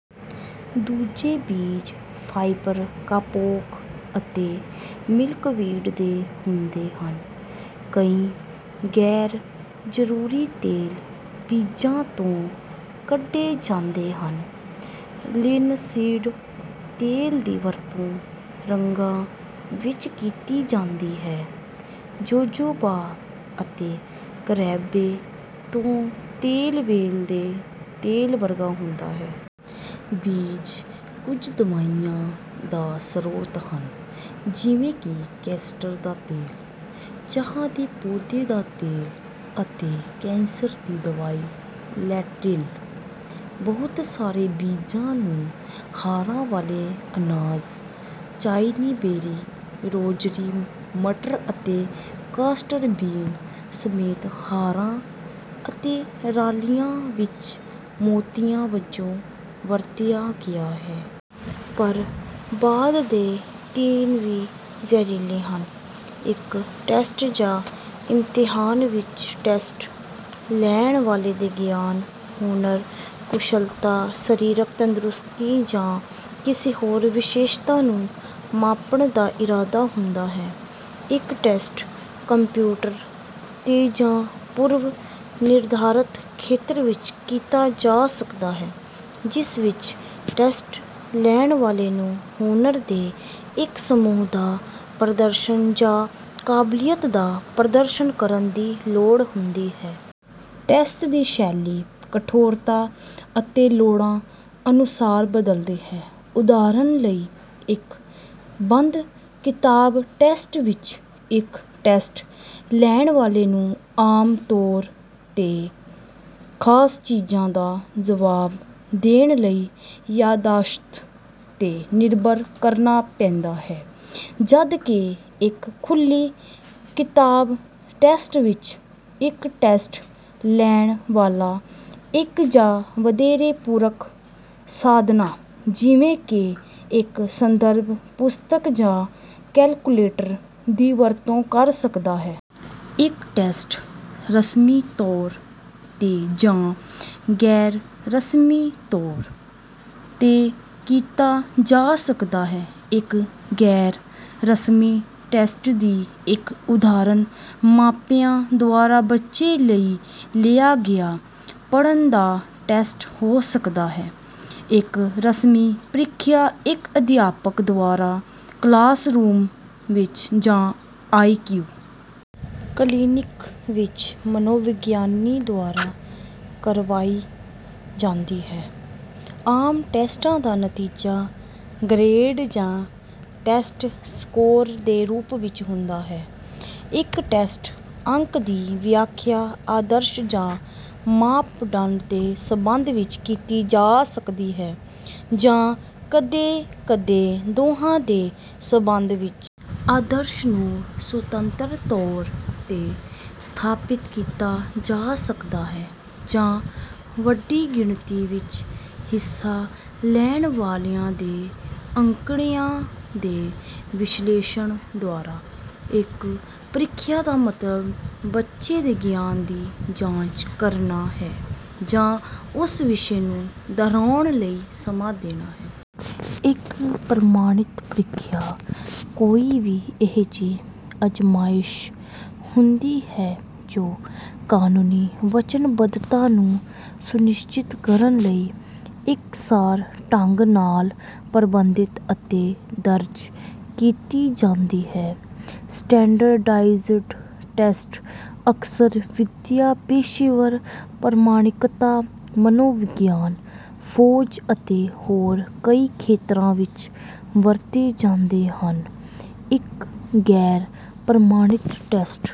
ਦੂਜੇ ਬੀਜ fibre kapok ਅਤੇ ਮਿਲਕਵੀਡ ਦੇ ਹੁੰਦੇ ਹਨ। ਕਈ ਗੈਰ-ਜ਼ਰੂਰੀ ਤੇਲ ਬੀਜਾਂ ਤੋਂ ਕੱਢੇ ਜਾਂਦੇ ਹਨ। ਲਿਨਸੀਡ ਤੇਲ ਦੀ ਵਰਤੋਂ ਰੰਗਾਂ ਵਿੱਚ ਕੀਤੀ ਜਾਂਦੀ ਹੈ। ਜੋਜੋਬਾ ਅਤੇ ਕਰੈਂਬੇ ਤੋਂ ਤੇਲ ਵ੍ਹੇਲ ਦੇ ਤੇਲ ਵਰਗਾ ਹੁੰਦਾ ਹੈ। ਬੀਜ ਕੁਝ ਦਵਾਈਆਂ ਦਾ ਸਰੋਤ ਹਨ, ਜਿਵੇਂ ਕਿ ਕੈਸਟਰ ਦਾ ਤੇਲ, ਚਾਹ ਦੇ ਪੌਦੇ ਦਾ ਤੇਲ ਅਤੇ ਕੈਂਸਰ ਦੀ ਦਵਾਈ ਲੈਟ੍ਰੀਲ। ਬਹੁਤ ਸਾਰੇ ਬੀਜਾਂ ਨੂੰ ਹਾਰਾਂ ਵਾਲੇ ਅਨਾਜ, ਚਾਈਨੀਬੇਰੀ, ਰੋਜ਼ਰੀ ਮਟਰ ਅਤੇ ਕਾਸਟਰ ਬੀਨ ਸਮੇਤ ਹਾਰਾਂ ਅਤੇ ਰਾਲੀਆਂ ਵਿੱਚ ਮੋਤੀਆਂ ਵਜੋਂ ਵਰਤਿਆ ਗਿਆ ਹੈ। ਪਰ, ਬਾਅਦ ਦੇ ਤਿੰਨ ਵੀ ਜ਼ਹਿਰੀਲੇ ਹਨ। ਇੱਕ ਟੈਸਟ ਜਾਂ ਇਮਤਿਹਾਨ ਵਿੱਚ ਟੈਸਟ-ਲੈਣ ਵਾਲੇ ਦੇ ਗਿਆਨ, ਹੁਨਰ, ਕੁਸ਼ਲਤਾ, ਸਰੀਰਕ ਤੰਦਰੁਸਤੀ ਜਾਂ ਕਿਸੇ ਹੋਰ ਵਿਸ਼ੇਸ਼ਤਾ ਨੂੰ ਮਾਪਣ ਦਾ ਇਰਾਦਾ ਹੁੰਦਾ ਹੈ। ਇੱਕ ਟੈਸਟ ਕੰਪਿਊਟਰ ’ਤੇ ਜਾਂ ਪੂਰਵ-ਨਿਰਧਾਰਤ ਖੇਤਰ ਵਿੱਚ ਕੀਤਾ ਜਾ ਸਕਦਾ ਹੈ, ਜਿਸ ਵਿੱਚ ਟੈਸਟ-ਲੈਣ ਵਾਲੇ ਨੂੰ ਹੁਨਰ ਦੇ ਇੱਕ ਸਮੂਹ ਦਾ ਪ੍ਰਦਰਸ਼ਨ ਜਾਂ ਕਾਬਲੀਅਤ ਦਾ ਪ੍ਰਦਰਸ਼ਨ ਕਰਨ ਦੀ ਲੋੜ ਹੁੰਦੀ ਹੈ। ਟੈਸਟ ਦੀ ਸ਼ੈਲੀ, ਕਠੋਰਤਾ ਅਤੇ ਲੋੜਾਂ ਅਨੁਸਾਰ ਬਦਲਦੀ ਹੈ। ਉਦਾਹਰਨ ਲਈ, ਇੱਕ ਬੰਦ-ਕਿਤਾਬ ਟੈਸਟ ਵਿੱਚ, ਇੱਕ ਟੈਸਟ-ਲੈਣ ਵਾਲੇ ਨੂੰ ਆਮ ਤੌਰ ’ਤੇ ਖਾਸ ਚੀਜ਼ਾਂ ਦਾ ਜਵਾਬ ਦੇਣ ਲਈ ਯਾਦਦਾਸ਼ਤ ’ਤੇ ਨਿਰਭਰ ਕਰਨਾ ਪੈਂਦਾ ਹੈ, ਜਦਕਿ ਇੱਕ ਖੁੱਲ੍ਹੀ-ਕਿਤਾਬ ਟੈਸਟ ਵਿੱਚ, ਇੱਕ ਟੈਸਟ-ਲੈਣ ਵਾਲਾ ਇੱਕ ਜਾਂ ਵਧੇਰੇ ਪੂਰਕ ਸਾਧਨਾਂ, ਜਿਵੇਂ ਕਿ ਇੱਕ ਸੰਦਰਭ ਪੁਸਤਕ ਜਾਂ ਕੈਲਕੁਲੇਟਰ, ਦੀ ਵਰਤੋਂ ਕਰ ਸਕਦਾ ਹੈ। ਇੱਕ ਟੈਸਟ ਰਸਮੀ ਤੌਰ ’ਤੇ ਜਾਂ ਗੈਰ-ਰਸਮੀ ਤੌਰ ’ਤੇ ਕੀਤਾ ਜਾ ਸਕਦਾ ਹੈ। ਇੱਕ ਗੈਰ-ਰਸਮੀ ਟੈਸਟ ਦੀ ਇੱਕ ਉਦਾਹਰਨ ਮਾਪਿਆਂ ਦੁਆਰਾ ਬੱਚੇ ਲਈ ਲਿਆ ਗਿਆ ਪੜ੍ਹਨ ਦਾ ਟੈਸਟ ਹੋ ਸਕਦਾ ਹੈ। ਇੱਕ ਰਸਮੀ ਪ੍ਰੀਖਿਆ ਇੱਕ ਅਧਿਆਪਕ ਦੁਆਰਾ ਕਲਾਸਰੂਮ ਵਿੱਚ ਜਾਂ ਆਈ.ਕਿਊ. ਕਲੀਨਿਕ ਵਿੱਚ ਮਨੋਵਿਗਿਆਨੀ ਦੁਆਰਾ ਕਰਵਾਈ ਜਾਂਦੀ ਹੈ। ਆਮ ਟੈਸਟਾਂ ਦਾ ਨਤੀਜਾ ਗ੍ਰੇਡ ਜਾਂ ਟੈਸਟ ਸਕੋਰ ਦੇ ਰੂਪ ਵਿੱਚ ਹੁੰਦਾ ਹੈ। ਇੱਕ ਟੈਸਟ ਅੰਕ ਦੀ ਵਿਆਖਿਆ ਆਦਰਸ਼ ਜਾਂ ਮਾਪਦੰਡ ਦੇ ਸਬੰਧ ਵਿੱਚ ਕੀਤੀ ਜਾ ਸਕਦੀ ਹੈ, ਜਾਂ ਕਦੇ-ਕਦੇ ਦੋਹਾਂ ਦੇ ਸਬੰਧ ਵਿੱਚ। ਆਦਰਸ਼ ਨੂੰ ਸੁਤੰਤਰ ਤੌਰ ’ਤੇ ਸਥਾਪਿਤ ਕੀਤਾ ਜਾ ਸਕਦਾ ਹੈ, ਜਾਂ ਵੱਡੀ ਗਿਣਤੀ ਵਿੱਚ ਹਿੱਸਾ ਲੈਣ ਵਾਲਿਆਂ ਦੇ ਅੰਕੜਿਆਂ ਦੇ ਵਿਸ਼ਲੇਸ਼ਣ ਦੁਆਰਾ। ਇੱਕ ਪ੍ਰੀਖਿਆ ਦਾ ਮਤਲਬ ਬੱਚੇ ਦੇ ਗਿਆਨ ਦੀ ਜਾਂਚ ਕਰਨਾ ਹੈ ਜਾਂ ਉਸ ਵਿਸ਼ੇ ਨੂੰ ਦੁਹਰਾਉਣ ਲਈ ਸਮਾਂ ਦੇਣਾ ਹੈ। ਇੱਕ ਪ੍ਰਮਾਣਿਤ ਪ੍ਰੀਖਿਆ ਕੋਈ ਵੀ ਅਜਿਹੀ ਅਜ਼ਮਾਇਸ਼ ਹੁੰਦੀ ਹੈ ਜੋ ਕਾਨੂੰਨੀ ਵਚਨਬੱਧਤਾ ਨੂੰ ਸੁਨਿਸ਼ਚਿਤ ਕਰਨ ਲਈ ਇਕਸਾਰ ਢੰਗ ਨਾਲ ਪ੍ਰਬੰਧਿਤ ਅਤੇ ਦਰਜ ਕੀਤੀ ਜਾਂਦੀ ਹੈ। ਸਟੈਂਡਰਡਾਈਜ਼ਡ ਟੈਸਟ ਅਕਸਰ ਵਿਦਿਆ, ਪੇਸ਼ੇਵਰ ਪ੍ਰਮਾਣਿਕਤਾ, ਮਨੋਵਿਗਿਆਨ, ਫੌਜ ਅਤੇ ਹੋਰ ਕਈ ਖੇਤਰਾਂ ਵਿੱਚ ਵਰਤੇ ਜਾਂਦੇ ਹਨ। ਇੱਕ ਗੈਰ-ਪ੍ਰਮਾਣਿਤ ਟੈਸਟ…